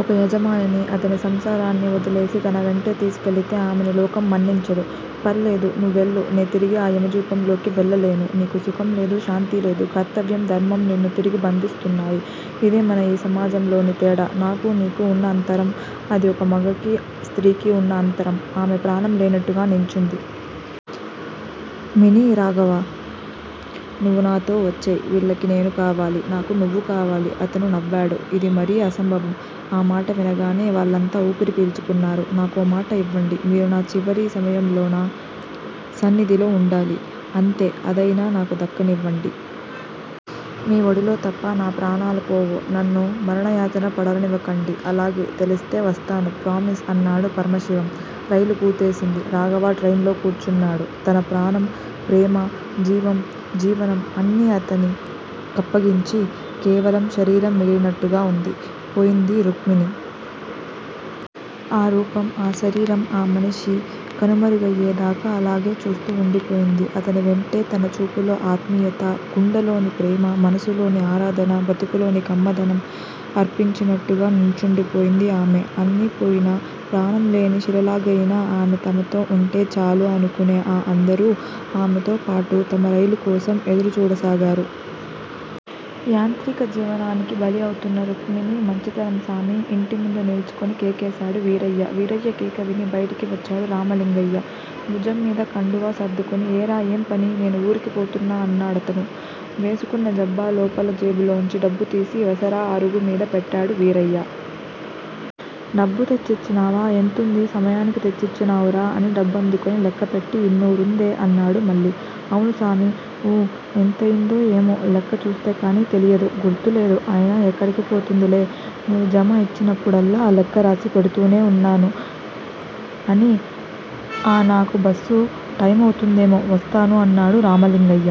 ఒక యజమానిని, అతని సంసారాన్ని వొదిలేసి తన వెంట తీసికెళితే ఆమెని లోకం మన్నించదు. ఫర్లేదు నువెళ్ళు, నే తిరిగి ఆ యమ జూపం లోకి వెళ్ళలేను. నీకు సుఖం లేదు. శాంతి లేదు. కర్తవ్యం, ధర్మం, నిన్ను తిరిగి బందిస్తున్నాయి. ఇదే మన యీ సమాజంలోని తేడా నాకు నీకు ఉన్న అంతరం, అది ఒక మగకి, స్త్రీ కి వున్న అంతరం ఆమె ప్రాణం లేనట్టుగా నించుంది. మినీ రాఘవా! నువు నాతో వచ్చేయ్. వీళ్ళకి నేను కావాలి. నాకు నువ్వు కావాలి. అతను నవ్వాడు. ఇది మరీ అసంభవం. ఆ మాట వినగానే వాళ్ళంతా ఉపిరి పీల్చుకున్నారు. నాకో మాట ఇవ్వండి! మీరు నా చివరి సమయంలోనా సన్నిధిలో ఉండాలి. అంతే! అదయినా నాకు దక్కనివండి. మీ ఒడిలో తప్ప నా ప్రాణాలు పోవు. నన్ను మరణయతను పడనివకండి! అలాగే! తెలిస్తే వస్తాను. ప్రామిస్! అన్నాడు పరమశివం. రైలు కుతేసింది రాఘవ ట్రెయిన్ లో కూర్చున్నాడు. తన ప్రాణం, ప్రేమ జీవం జీవనం అన్నీ అతని కప్పగించి కేవలం శరీరం మిగిలినట్టుగా ఉంది పోయింది రుక్మిణి. ఆ రూపం, ఆ శరీరం, ఆ మనిషి కనుమరుగయ్యే దాక అలాగే చూస్తూ ఉండిపోయింది. అతని వెంటే తన చూపులో ఆత్మీయత, గుండెలోని ప్రేమ, మనస్సులోని ఆరాధన, బ్రతుకులోని కమ్మదనం, అర్పించినట్టుగా నించుండిపోయింది ఆమె. అన్ని పోయినా, ప్రాణం లేని శిలలాగైన ఆమె తమతో ఉంటె చాలు అనుకునే ఆ అందరూ ఆమెతో పాటు తమ రైలు కోసం ఎదురు చూడసాగారు. యాంత్రిక జీవనానికి బలివుతున్న రుక్మిణి. మంచితనం సామి! ఇంటిముందు నిలుచుని కేకేశాడు వీరయ్య! వీరయ్య కేకేవిని బయటికి వచ్చాడు రామలింగయ్య భుజం మీద కండువా సర్దుకుని ఏరా! ఏం పని నేను ఊరికి పోతున్నా అన్నాడతను. వేసుకున్న జబ్బా లోపలి జేబులోంచి డబ్బు తీసి వసారా అరుగు మీద పెట్టాడు వీరయ్య. డబ్బు తెచ్చిచినావా? ఎంతుంది? సమయానికి తెచ్చివ్నావురా? అని డబ్బందుకుని లెక్కపెట్టి ఇన్నురుందే అన్నాడు మళ్ళీ. అవును సామీ ఊ ఎంతయిందో ఏమో? లెక్క చూస్తే కానీ తెలియదు గుర్తు లేదు. అయినా ఎక్కడికి పోతుందిలే. నీవు జమ యిచ్చినప్పుడల్లా లేక్కరాసి పెడుతూనే వున్నాను అని ఆ నాకు బస్సు టైమైతుందేమో వస్తాను అన్నాడు రామలింగయ్య.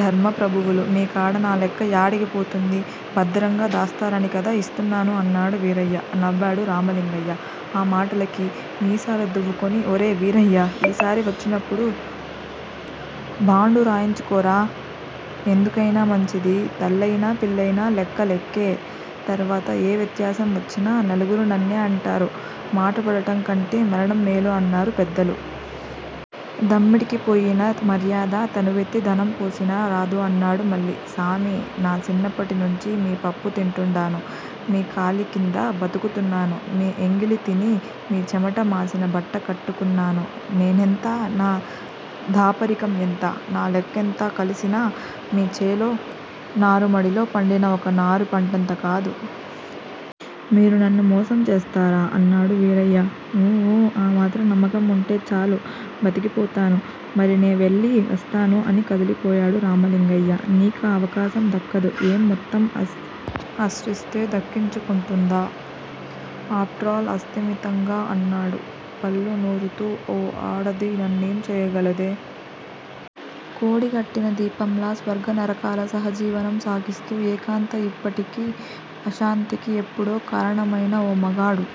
ధర్మ ప్రభువులు, నీ కాడ నా లెక్క యాడికి పోతుంది. బద్దరంగా దాస్తారని కదా యిస్తున్నాను అన్నాడు వీరయ్య. నవ్వాడు రామలింగయ్య. ఆ మాటలకి. మీసాలు దువ్వుకుని ఒరే వీరయ్య! ఈసారి వచ్చినపుడు బాండు రాయించుకోరా. ఎందుకయినా మంచిది. తల్లయినా, పిల్లయినా లెక్క లెక్కే! తర్వాత ఏ వ్యత్యాసం వచ్చినా నలుగురు నన్నే అంటారు మాట పడటం కంటే మరణం మేలు అన్నారు పెద్దలు. దమ్మిడికి పోయిన మర్యాద తనువెత్తు ధనం పోసినా రాదు అన్నాడు మళ్ళీ. సామీ! నా సిన్నప్పటి నుంచి మీ పుప్పు తింటున్నాను. మీ కాలి కింద బతుకుతున్నాను. మీ ఎంగిలి తిని, మీ చెమట మాసిన బట్ట కట్టుకున్నాను. నేనెంత? నా దాపరికం ఎంత? నా లెక్కంతా కలిసినా మీ చేలో నారుమడిలో పండిన ఒక నారు పంటంత కాదు. మీరు నన్ను మోసం చేస్తారా? అన్నాడు వీరయ్య. ఊఊ ఆ మాత్రం నమ్మకం ఉంటే చాలు బతికిపోతాను. మరీ నే వెళ్ళి వస్తాను అని కదిలిపోయాడు రామలింగయ్య. నీకా అవకాశం దక్కదు ఏం మొత్తం ఆశ్రితే దక్కించుకుంటుందా? ఆప్టరాల్ అస్థిమితంగా అన్నాడు పళ్ళునూరుతూ ఓ ఆడది నన్నేం చెయ్యగలదే. కొడిగట్టిన దీపంలా స్వర్గ నరకాల సహజీవనం సాగిస్తున్న ఏకాంత యిప్పటి అశాంతికి ఎప్పుడో కారణమయిన ఓ మగాడు